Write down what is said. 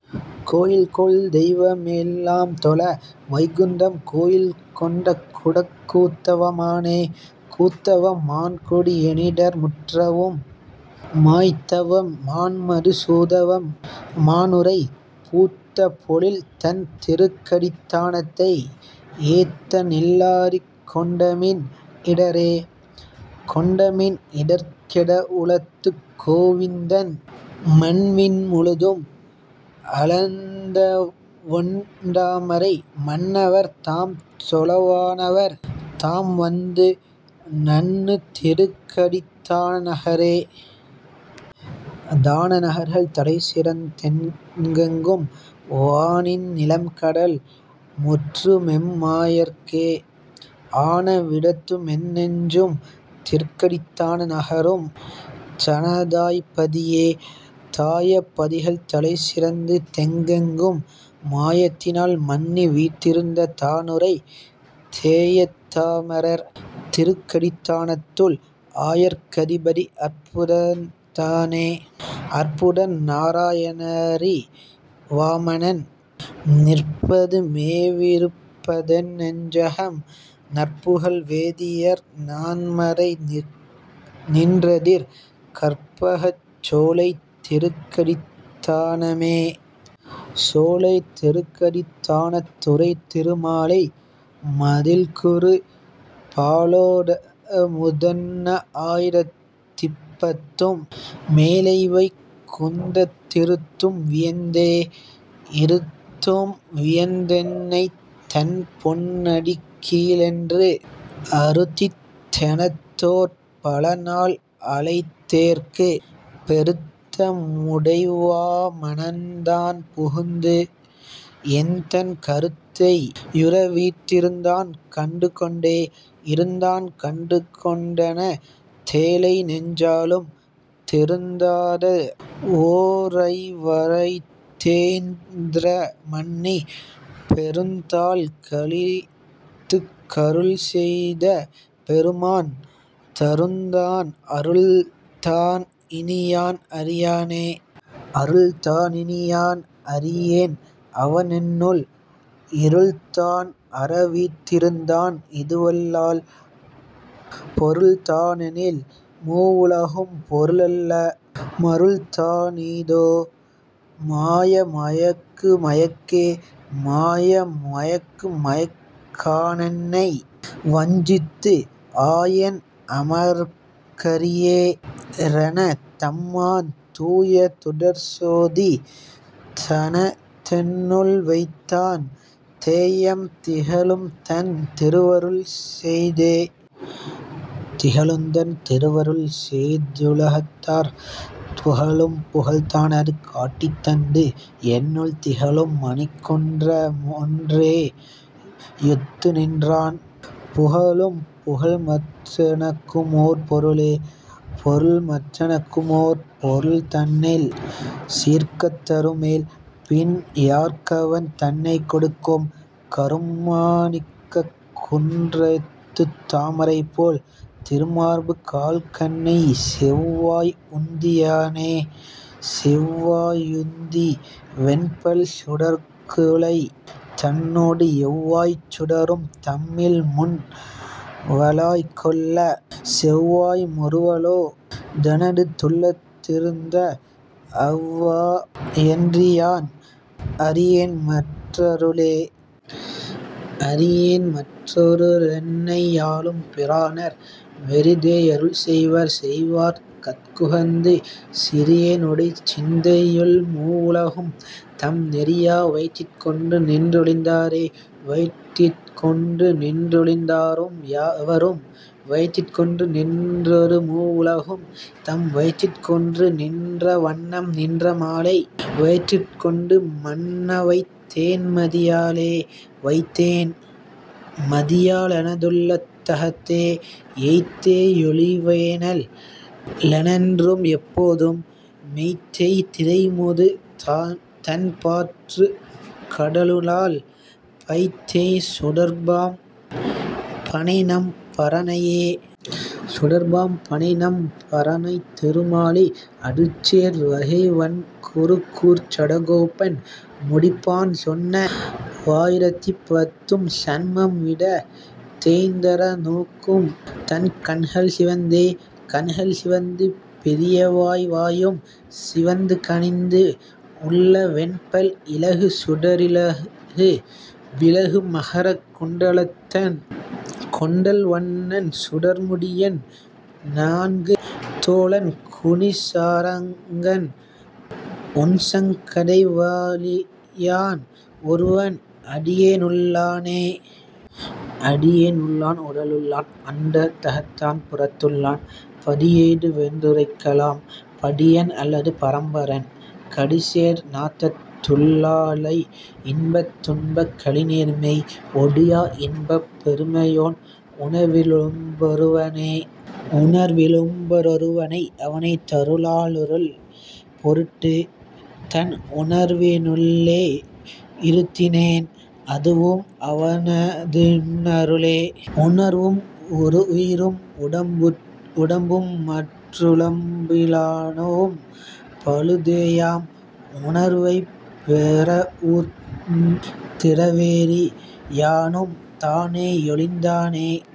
கோயில்கொள் தெய்வமெல் லாம்தொழ, வைகுந்தம் கோயில்கொண் டகுடக் கூத்தவம் மானே.. கூத்தவம் மான்கொடி யேனிடர் முற்றவும், மாய்த்தவம் மான்மது சூதவம் மானுறை, பூத்த பொழில்தண் திருக்கடித் தானத்தை, ஏத்தநில் லாகுறிக் கொண்டமின் இடரே.. கொண்டமின் இடர்கெட வுள்ளத்துக் கோவிந்தன், மண்விண் முழுதும் அளந்தவொண் டாமரை, மண்ணவர் தாம்தொழ வானவர் தாம்வந்து, நண்ணு திருக்கடித் தான நகரே.. தான நகர்கள் தலைசிறந் தெங்கெங்கும், வானிந் நிலம்கடல் முற்றுமெம் மாயற்கே, ஆன விடத்துமென் நெஞ்சும் திருக்கடித் தான நகரும், தனதாயப் பதியே.. தாயப் பதிகள்தலைசிறந் தெங்கெங்கும், மாயத்தி னால்மன்னி வீற்றிருந் தானுறை, தேயத் தமரர் திருக்கடித் தானத்துள், ஆயர்க் கதிபதி அற்புதன் தானே.. அற்புதன் நாரா யணனரி வாமனன், நிற்பது மேவி யிருப்பதென் னெஞ்சகம், நற்புகழ் வேதியர் நான்மறை நின்றதிர், கற்பகச் சோலைத் திருக்கடித் தானமே. சோலை திருக்கடித் தானத் துறைதிரு மாலை, மதிள்குரு, பாலோ டமுதன்ன ஆயிரத் திப்பத்தும், மேலைவை குந்தத் திருத்தும் வியந்தே. இருத்தும் வியந்தென்னைத் தன்பொன் னடிக்கீழென்று, அருத்தித் தெனைத்தோர் பலநாள் அழைத்தேற்கு, பெருத்த முடைவா மனன்தான் புகுந்து, என்தன் கருத்தை யுறவீற் றிருந்தான் கண்டுகொண்டே.. இருந்தான் கண்டுகொண் டெனதேழை நெஞ்சாளும், திருந்தாத வோரைவ ரைத்தேய்ந் தறமன்னி, பெருந்தாள் களிற்றுக் கருள்செய்த பெருமான், தருந்தான் அருள்தான் இனியான் அறியானே.. அருள்தா னினியான் அறியேன் அவனென்னுள், இருள்தான் அறவீற் றிருந்தான் இதுவல்லால், பொருள்தா னெனில்மூ வுலகும் பொருளல்ல, மருள்தானீ தோ? மாய மயக்கு மயக்கே.. மாய மயக்குமயக் கானென்னை வஞ்சித்து, ஆயன் அமரர்க் கரியே றெனதம்மான், தூய சுடர்ச்சோதி தனதென்னுள் வைத்தான், தேயம் திகழும்தன் திருவருள் செய்தே.. திகழுந்தன் திருவருள் செய்துல கத்தார், புகழும் புகழ்தா னதுகாட்டித் தந்து, என்னுள் திகழும் மணிக்குன்ற மொன்றே யொத்துநின்றான், புகழும் புகழ்மற் றெனக்குமோர் பொருளே?. பொருள்மற் றெனக்குமோர் பொருள்தன்னில் சீர்க்கத் தருமேல், பின் யார்க்கவன் தன்னைக் கொடுக்கும்?, கருமா ணிக்கக் குன்றத்துத் தாமரைபோல், திருமார்பு கால்கண்கை செவ்வாய் உந்தியானே.. செவ்வாயுந்தி வெண்பல் சுடர்க்குழை, தன்னோடு எவ்வாய்ச் சுடரும் தம்மில்முன் வளாய்க்கொள்ள, செவ்வாய் முறுவலோ டெனதுள்ளத் திருந்த, அவ்வா யன்றியான் அறியேன்மற் றருளே.. அறியேன்மற் றருளென்னை யாளும் பிரானர், வெறிதே யருள்செய்வர் செய்வார்கட் குகந்து, சிறியே னுடைச்சிந்தை யுள்மூ வுலகும், தம் நெறியா வயிற்றிற்கொண்டு நின்றொழிந் தாரே.. வயிற்றிற்கொண்டு நின்றொழிந் தாரும் யாவரும், வயிற்றிற்கொண்டு நின்றொரு மூவுல கும், தம் வயிற்றிற்கொண்டு நின்றவண் ணம்நின்ற மாலை, வயிற்றிற்கொண்டு மன்னவைத் தேன்மதி யாலே.. வைத்தேன் மதியா லெனதுள்ளத் தகத்தே, எய்த்தே யொழிவேனல் லேனென்றும் எப்பொதும், மொய்த்தேய் திரைமோது தண்பாற் கடலுளால், பைத்தேய் சுடர்ப்பாம் பணைநம் பரனையே. சுடர்ப்பாம் பணைநம் பரனைத் திருமாலை, அடிச்சேர் வகைவண் குருகூர்ச் சடகோபன், முடிப்பான் சொன்னவா யிரத்திப்பத் தும்சன்மம் விட, தேய்ந் தறநோக்கும் தன்கண்கள் சிவந்தே. கண்கள் சிவந்து பெரியவாய் வாயும் சிவந்து கனிந்து, உள்ள வெண்பல் இலகு சுடரிலகு விலகு மகர குண்டலத்தன், கொண்டல் வண்ணன் சுடர்முடியன் நான்கு தோளன் குனிசாரங்கன், ஒண்சங் கதைவா ளாழியான் ஒருவன் அடியே னுள்ளானே.. அடியே னுள்ளான் உடலுள்ளான் அண்டத் தகத்தான் புறத்துள்ளான், படியே யிதுவென் றுரைக்கலாம், படியன் அல்லது பரம்பரன், கடிசேர் நாற்றத் துள்ளாலை இன்பத் துன்பக் கழிநேர்மை, ஒடியா இன்பப் பெருமையோன் உணர்வி லும்ப ரொருவனே.. உணர்வி லும்ப ரொருவனை அவனை தருளா லுறல்பொருட்டு, என் உணர்வி னுள்ளே யிருத்தினேன் அதுவும் அவன தின்னருளே, உணர்வும் உயிரும் உடம்பும்மற் றுலப்பி லனவும் பழுதேயாம், உணர்வைப் பெறவூர்ந் திறவேறி யானும் தானே யொழிந்தானே..